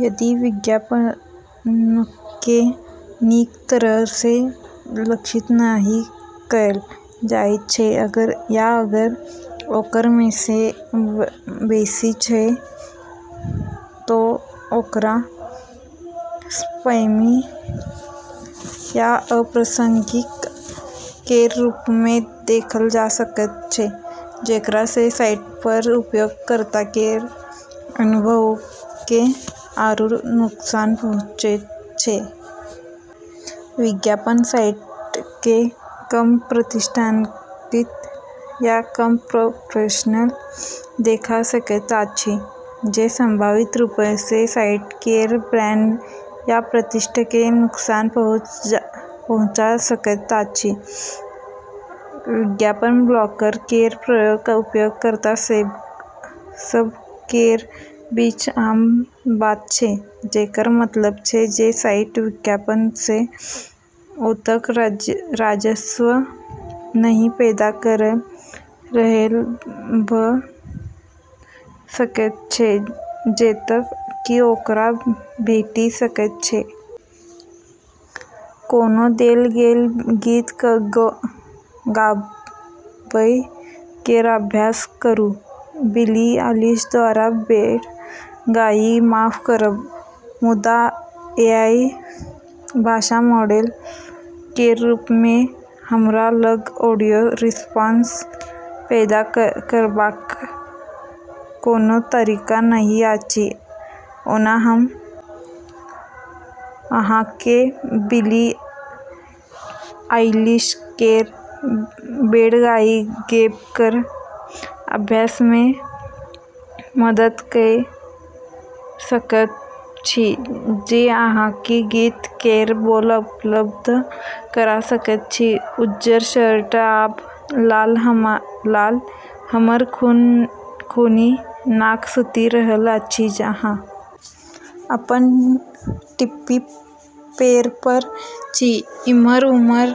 यदि विज्ञापनकेँ नीक तरहसँ लक्षित नहि कएल जाइत छै या अगर ओकरामेसँ बेसी छै तऽ ओकरा स्पैमी या अप्रासंगिक केर रूपमे देखल जा सकैत छै, जेकरासँ साइटपर उपयोगकर्ता केर अनुभवकेँ आरू नुकसान पहुँचैत छै। विज्ञापन साइटकेँ कम प्रतिष्ठित या कम प्रोफेशनल देखा सकैत अछि, जे संभावित रूपसँ साइट केर ब्रांड या प्रतिष्ठाकेँ नुकसान पहुँचा सकैत अछि। विज्ञापन-ब्लॉकर केर प्रयोग उपयोगकर्ता सभ केर बीच आम बात छै, जेकर मतलब छै जे साइट विज्ञापनसँ ओतेक राजस्व नहि पैदा कऽ रहल भऽ सकैत छै जतेक कि ओकरा भेटि सकैत छै। कोनो देल गेल गीत गाबै केर अभ्यास करू। बिली एलिश द्वारा "बैड गाइ" माफ करब, मुदा एआई भाषा मॉडल केर रूपमे हमरा लग ऑडियो रिस्पांस पैदा करबाक कोनो तरीका नहि अछि। ओना, हम अहाँकेँ बिली आइलिश केर "बैड गाइ" गाबै केर अभ्यासमे मदद कऽ सकैत छी जे अहाँकेँ गीत केर बोल उपलब्ध करा सकैत छी: उज्जर शर्ट आब लाल, हमर खूनी नाक सुति रहल अछि, अहाँ अपन टिप्पी पैरपर छी ' इम्हर-उम्हर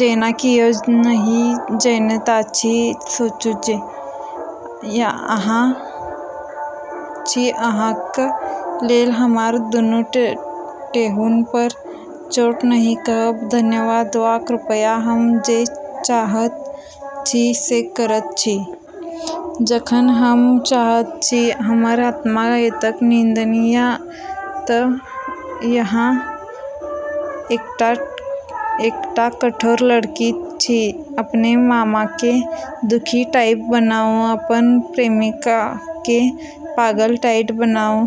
जेना कियो नहि जनैत अछि सोचू जे अहाँ छी अहाँक लेल हमर दुनू ठेहुनपर चोट नहि कहब धन्यवाद वा कृपया हम जे चाहैत छी से करैत छी जखन हम चाहैत छी हमर आत्मा एतेक निंदनीय तऽ अहाँ एकटा कठोर लड़का छी '' अपन मामाकेँ दुखी टाइप बनाउ अपन प्रेमिकाकेँ पागल टाइट बनाउ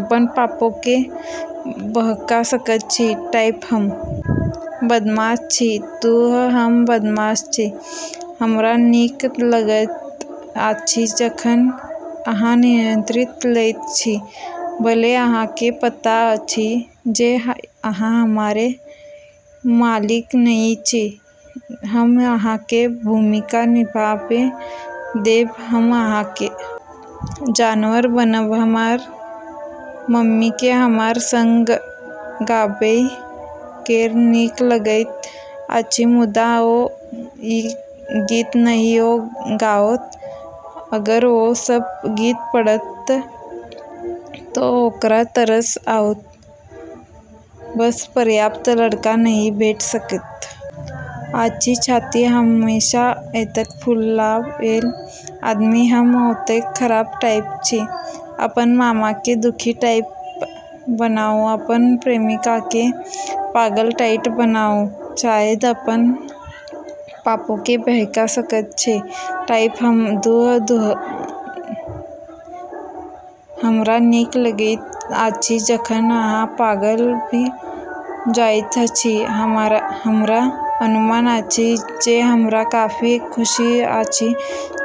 अपन पापाकेँ बहका सकैत छी टाइप हम बदमाश छी, दुह हम बदमाश छी हमरा नीक लगैत अछि जखन अहाँ नियंत्रण लैत छी भले अहाँकेँ पता अछि जे अहाँ हमरा के मालिक नहि छी, हम अहाँकेँ भूमिका निभाबै देब हम अहाँक जानवर बनब हमर मम्मीकेँ हमरा संग गाबै केर नीक लगैत अछि मुदा ओ ई गीत नहि गाओत अगर ओ सब गीत पढ़त तऽ ओकरा तरस आओत ' बस पर्याप्त लड़का नहि भेट सकैत अछि छाती हमेशा एतेक फुलाएल आदमी हम ओतेक खराब टाइप छी अपन मामाकेँ दुखी टाइप बनाउ अपन प्रेमिकाकेँ पागल टाइट बनाउ शायद अपन पापाकेँ बहका सकैत छी टाइप हम ', दुह ', दुह '', हमरा नीक लगैत अछि जखन अहाँ पागल भऽ जाइत छी हमरा अनुमान अछि जे हमरा काफी खुशी अछि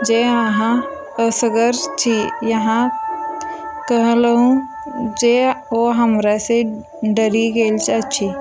जे अहाँ असगर छी अहाँ कहलहुँ जे ओ हमरासँ डरि गेल अछि?